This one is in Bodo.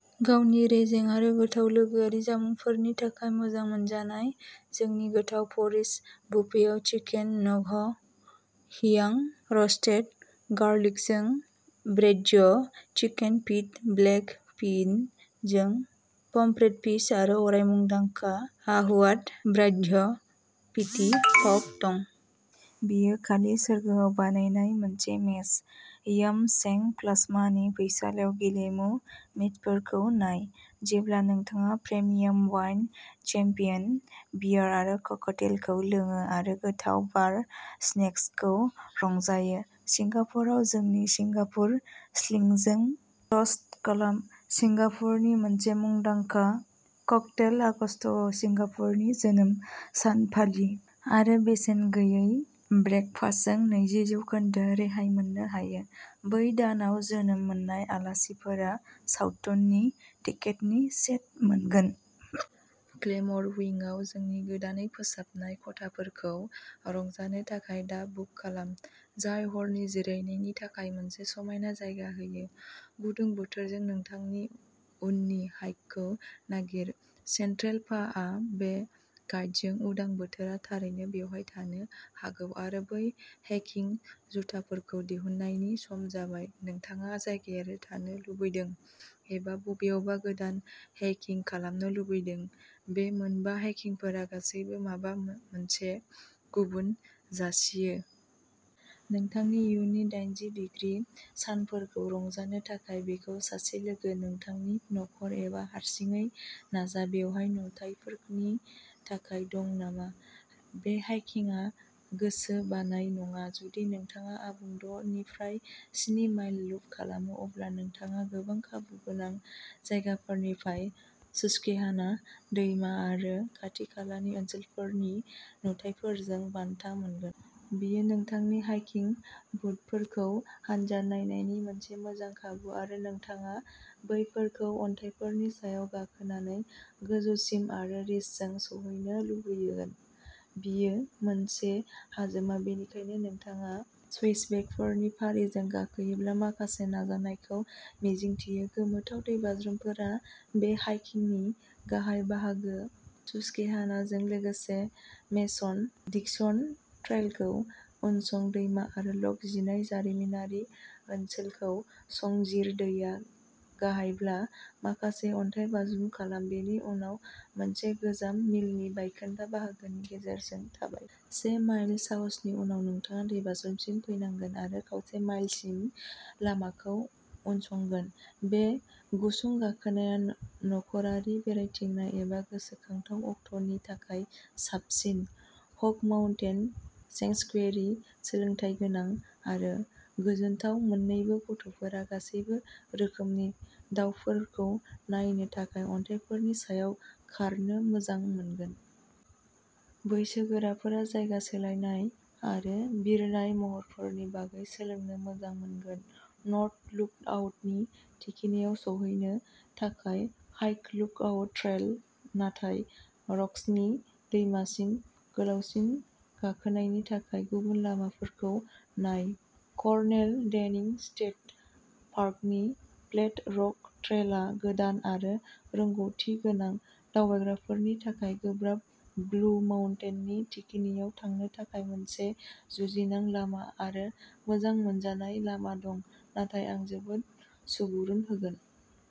गावनि रेजें आरो गोथाव लोगोआरि जामुंफोरनि थाखाय मोजां मोनजानाय जोंनि गोथाव परिज बुफेआव चिकेन नगह हियां र'स्टेद गार्लिकजों ब्रेइज्ड चिकेन फीट ब्लेक बिनजों पमफ्रेट फिस आरो अराय मुंदांखा आह हुआत ब्रेइज्ड फेटि पर्क दं। बेयो खालि सोरगोआव बानायनाय मोनसे मेच! यम सें प्लास्मानि फैसालियाव गेलेमु मेचफोरखौ नाय जेब्ला नोंथाङा प्रिमियाम वाइन शैम्पेन बियार आरो ककटेलखौ लोङो आरो गोथाव बार स्नेक्सखौ रंजायो। सिंगापुराव जोंनि सिंगापुर स्लिंजों टोस्ट खालाम सिंगापुरनि मोनसे मुंदांखा क्कटेल आगस्तआव सिंगापुरनि जोनोम सान फालि आरो बेसेन गैयै ब्रेकफास्टजों नैजि जौखोन्दो रेहाय मोननो हायो बै दानाव जोनोम मोननाय आलासिफोरा सावथुननि टिकेटनि सेट मोनगोन। क्लेम'र उइंगआव जोंनि गोदानै फोसाबनाय खथाफोरखौ रंजानो थाखाय दा बुक खालाम जाय हरनि जिरायनायनि थाखाय मोनसे समायना जायगा होयो गुदुं बोथोरजों नोंथांनि उननि हाइकखौ नागिर! सेन्ट्रेल पा आ बे गाइडजों उदां बोथोरा थारैनो बेवहाय थानो हागौ आरो बै हेइकिं जुथाफोरखौ दिहुननायनि सम जाबाय नोंथाङा जायगायारि थानो लुबैदों एबा बबेयावबा गोदान हाइकिं खालामनो लुबैदों बे मोनबा हाइकिंफोरा गासैबो माबा मोनसे गुबुन जासियो। नोंथांनि इयुननि दाइनजि दिग्रि सानफोरखौ रंजानो थाखाय बेखौ सासे लोगो नोंथांनि नखर एबा हारसिङै नाजा बेयाव नुथायफोरनि थाखाय दं नामा बे हाइकिंआ गोसो बायनाय नङा जुदि नोंथाङा आबुं द' निफ्राय स्नि माइल लुप खालामो अब्ला नोंथाङा गोबां खाबु गोनां जायगाफोरनिफ्राय सुस्क्वेहाना दैमा आरो खाथि खालानि ओनसोलफोरनि नुथायफोरजों बान्था मोनगोन। बेयो नोंथांनि हाइकिं बुटफोरखौ आनजाद नायनायनि मोनसे मोजां खाबु आरो नोंथाङा बेफोरखौ अन्थाइफोरनि सायाव गाखोनानै गोजौसिम आरो रिजजों सौहैनो लुबैगोन। बेयो मोनसे हाजोमा बेनिखायनो नोंथाङा स्विचबेकफोरनि फारिजों गाखोयोब्ला माखासे नाजानायखौ मिजिंथियो गोमोथाव दैबाज्रुमफोरा बे हाइकिंनि गाहाय बाहागो सुस्क्वेहानाजों लोगोसे मेसन डिक्सन ट्रेलखौ उनसं दैमा आरो लक जिनै जारिमिनारि ओनसोलखौ संजिर दैया गाहायब्ला माखासे अन्थाइ बाज्रुम खालाम बेनि उनाव मोनसे गोजाम मिलनि बायखोन्दा बाहागोनि गेजेरजों थाबाय। से माइल साहसनि उनाव नोंथाङा दैबाज्रुमसिम फैनांगोन आरो खावसे माइलसिम लामाखौ उनसंगोन। बे गुसुं गाखोनाया नखरारि बेरायथिंनाय एबा गोसोखांथाव अक्ट'नि थाखाय साबसिन हक माउन्टेन सेंक्सुयेरि सोलोंथायगोनां आरो गोजोनथाव मोननैबो गथ'फोरा गासैबो रोखोमनि दावफोरखौ नायनो थाखाय अन्थाइफोरनि सायाव खारनो मोजां मोनगोन। बैसोगोराफोरा जायगा सोलायनाय आरो बिरनाय महरफोरनि बागै सोलोंनो मोजां मोनगोन नर्थ लुकआउटनि थिखिनियाव सौहैनो थाखाय हाइक लुकआउट ट्रेल नाथाय रक्सनि दैमासिम गोलावसिन गाखोनायनि थाखाय गुबुन लामाफोरखौ नाय। कर्नेल डेनिं स्टेट पार्कनि फ्लेट रक ट्रेलआ गोदान आरो रोंग'थि गोनां दावबायग्राफोरनि थाखाय गोब्राब ब्लु माउन्टेननि थिखिनियाव थांनो थाखाय मोनसे जुजिनां लामा आरो मोजां मोनजानाय लामा दं नाथाय आं जोबोद सुबुरुन होगोन।